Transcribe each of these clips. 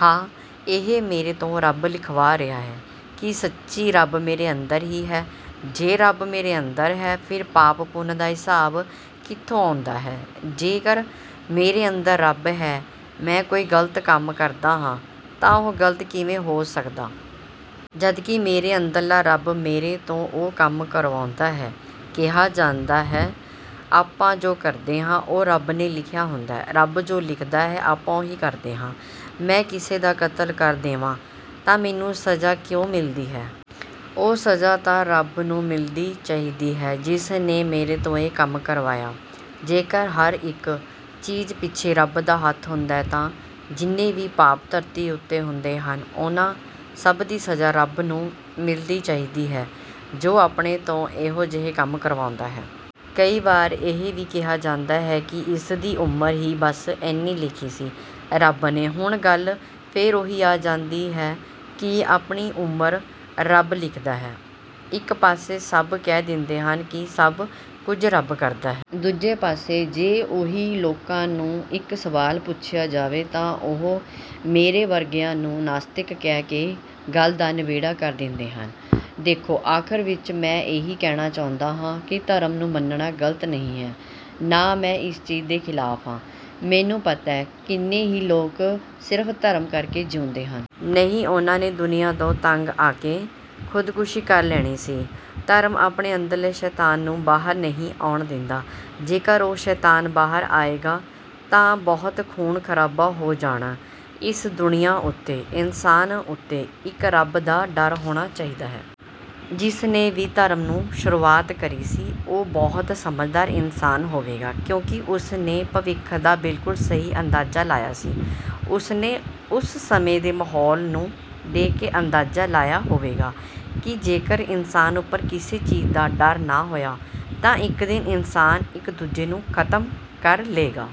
ਹਾਂ ਇਹ ਮੇਰੇ ਤੋਂ ਰੱਬ ਲਿਖਵਾ ਰਿਹਾ ਹੈ…? ਕੀ ਸੱਚੀ ਰੱਬ ਮੇਰੇ ਅੰਦਰ ਹੀ ਹੈ…? ਜੇ ਰੱਬ ਮੇਰੇ ਅੰਦਰ ਹੈ ਫਿਰ ਪਾਪ ਪੁੰਨ ਦਾ ਹਿਸਾਬ ਕਿੱਥੋਂ ਆਉਂਦਾ ਹੈ? ਜੇਕਰ ਮੇਰੇ ਅੰਦਰ ਰੱਬ ਹੈ, ਮੈਂ ਕੋਈ ਗਲਤ ਕੰਮ ਕਰਦਾਂ ਹਾਂ, ਤਾਂ ਉਹ ਗ਼ਲਤ ਕਿਵੇਂ ਹੋ ਸਕਦਾ? ਜਦਕਿ ਮੇਰੇ ਅੰਦਰਲਾ ਰੱਬ ਮੇਰੇ ਤੋਂ ਉਹ ਕੰਮ ਕਰਵਾਉਂਦਾ ਹੈ। ਕਿਹਾ ਜਾਂਦਾ ਹੈ ਆਪਾਂ ਜੋ ਕਰਦੇ ਹਾਂ ਉਹ ਰੱਬ ਨੇ ਲਿਖਿਆ ਹੁੰਦਾ ਹੈ। ਰੱਬ ਜੋ ਲਿਖਦਾ ਆਪਾਂ ਓਹੀ ਕਰਦੇ ਹਾਂ। ਮੈਂ ਕਿਸੇ ਦਾ ਕਤਲ ਕਰ ਦੇਵਾਂ ਤਾਂ ਮੈਨੂੰ ਸਜ਼ਾ ਕਿਉਂ ਮਿਲਦੀ ਹੈ। ਉਹ ਸਜ਼ਾ ਤਾਂ ਰੱਬ ਨੂੰ ਮਿਲਦੀ ਚਾਹੀਦੀ ਹੈ ਜਿਸ ਨੇ ਮੇਰੇ ਤੋਂ ਇਹ ਕੰਮ ਕਰਵਾਇਆ। ਜੇਕਰ ਹਰ ਇੱਕ ਚੀਜ਼ ਪਿੱਛੇ ਰੱਬ ਦਾ ਹੱਥ ਹੁੰਦਾ ਤਾਂ ਜਿੰਨੇ ਵੀ ਪਾਪ ਧਰਤੀ ਉੱਤੇ ਹੁੰਦੇ ਹਨ। ਉਹਨਾਂ ਸਭ ਦੀ ਸਜ਼ਾ ਰੱਬ ਨੂੰ ਮਿਲਦੀ ਚਾਹੀਦੀ ਹੈ, ਜੋ ਆਪਣੇ ਤੋਂ ਇਹੋ ਜਿਹੇ ਕੰਮ ਕਰਵਾਉਂਦਾ ਹੈ। ਕਈ ਵਾਰ ਇਹ ਵੀ ਕਿਹਾ ਜਾਂਦਾ ਹੈ ਕਿ ਇਸ ਦੀ ਉਮਰ ਹੀ ਬਸ ਏਨੀ ਲਿਖੀ ਸੀ ਰੱਬ ਨੇ, ਹੁਣ ਗੱਲ ਫੇਰ ਓਹੀ ਆ ਜਾਂਦੀ ਹੈ ਕੀ ਆਪਣੀ ਉਮਰ ਰੱਬ ਲਿਖਦਾਂ ਹੈ? ਇੱਕ ਪਾਸੇ ਸਭ ਕਹਿ ਦਿੰਦੇ ਹਨ ਕਿ ਸਭ ਕੁਝ ਰੱਬ ਕਰਦਾ ਹੈ। ਦੂਜੇ ਪਾਸੇ ਜੇ ਓਹੀ ਲੋਕਾਂ ਨੂੰ ਇੱਕ ਸਵਾਲ ਪੁੱਛਿਆ ਜਾਵੇ ਤਾਂ ਉਹ ਮੇਰੇ ਵਰਗਿਆਂ ਨੂੰ ਨਾਸਤਿਕ ਕਹਿ ਕੇ ਗੱਲ ਦਾ ਨਬੇੜਾ ਕਰ ਦਿੰਦੇ ਹਨ। ਦੇਖੋ ਆਖਿਰ ਵਿੱਚ ਮੈਂ ਇਹ ਹੀ ਕਹਿਣਾ ਚਾਹੁੰਦਾ ਹਾਂ ਕਿ ਧਰਮ ਨੂੰ ਮੰਨਣਾ ਗ਼ਲਤ ਨਹੀਂ ਹੈ, ਨਾ ਮੈਂ ਇਸ ਚੀਜ਼ ਦੇ ਖ਼ਿਲਾਫ਼ ਹਾਂ, ਮੈਨੂੰ ਪਤਾ ਕਿੰਨੇ ਹੀ ਲੋਕ ਸਿਰਫ਼ ਧਰਮ ਕਰਕੇ ਜਿਉਂਦੇ ਹਨ। ਨਹੀਂ ਉਹਨਾਂ ਨੇ ਦੁਨੀਆਂ ਤੋਂ ਤੰਗ ਆਕੇ ਖ਼ੁਦਖ਼ਸ਼ੀ ਕਰ ਲੈਣੀ ਸੀ, ਧਰਮ ਆਪਣੇ ਅੰਦਰਲੇ ਸ਼ੈਤਾਨ ਨੂੰ ਬਾਹਰ ਨਹੀਂ ਆਉਣ ਦਿੰਦਾ। ਜੇਕਰ ਉਹ ਸ਼ੈਤਾਨ ਬਾਹਰ ਆਏ ਗਿਆ ਤਾਂ ਬਹੁਤ ਖੂਨ ਖਰਾਬਾ ਹੋ ਜਾਣਾ ਇਸ ਦੁਨੀਆਂ ਉੱਤੇ, ਇਨਸਾਨ ਉੱਤੇ ਇੱਕ ਰੱਬ ਦਾ ਡਰ ਹੋਣਾ ਚਾਹੀਦਾ ਹੈ। ਜਿਸ ਨੇ ਵੀ ਧਰਮ ਨੂੰ ਸ਼ੁਰੂਆਤ ਕਰੀ ਸੀ, ਉਹ ਬਹੁਤ ਸਮਝਦਾਰ ਇਨਸਾਨ ਹੋਵੇਗਾ, ਕਿਉਂਕਿ ਉਸ ਨੇ ਭਵਿੱਖ ਦਾ ਬਿਲਕੁਲ ਸਹੀ ਅੰਦਾਜ਼ਾ ਲਾਇਆ ਸੀ। ਉਸਨੇ ਉਸ ਸਮੇਂ ਦੇ ਮਾਹੌਲ ਨੂੰ ਦੇਖ ਕੇ ਅੰਦਾਜ਼ਾ ਲਾਇਆ ਹੋਵੇਗਾ ਕੀ ਜੇਕਰ ਇਨਸਾਨ ਉਪਰ ਕਿਸੇ ਚੀਜ਼ ਦਾ ਡਰ ਨਾ ਹੋਇਆ ਤਾਂ ਇੱਕ ਦਿਨ ਇਨਸਾਨ ਇੱਕ ਦੂਜੇ ਨੂੰ ਖ਼ਤਮ ਕਰ ਲਏਗਾ।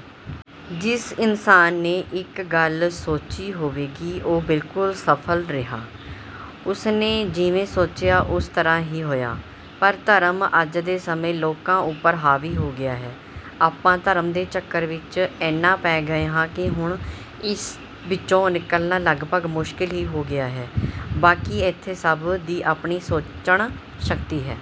ਜਿਸ ਇਨਸਾਨ ਨੇ ਇਹ ਗੱਲ ਸੋਚੀ ਹੋਵੇਗੀ, ਉਹ ਬਿਲਕੁਲ ਸਫਲ ਰਿਹਾ। ਉਸ ਨੇ ਜਿਵੇਂ ਸੋਚਿਆ ਉਸ ਤਰ੍ਹਾ ਹੀ ਹੋਇਆ। ਪਰ ਧਰਮ ਅੱਜ ਦੇ ਸਮੇਂ ਲੋਕਾਂ ਉਪਰ ਹਾਵੀ ਹੋ ਗਿਆ ਹੈ। ਆਪਾਂ ਧਰਮ ਦੇ ਚੱਕਰ ਵਿੱਚ ਇਨ੍ਹਾਂ ਪੈ ਗਏ ਹਾਂ ਕੀ ਹੁਣ ਇਸ ਵਿੱਚੋਂ ਨਿਕਲਣਾ ਲੱਗਭਗ ਮੁਸ਼ਕਿਲ ਹੀ ਹੋ ਗਿਆ ਹੈ। ਬਾਕੀ ਏਥੇ ਸਭ ਦੀ ਆਪਣੀ ਸੋਚਣ ਸ਼ਕਤੀ ਹੈ।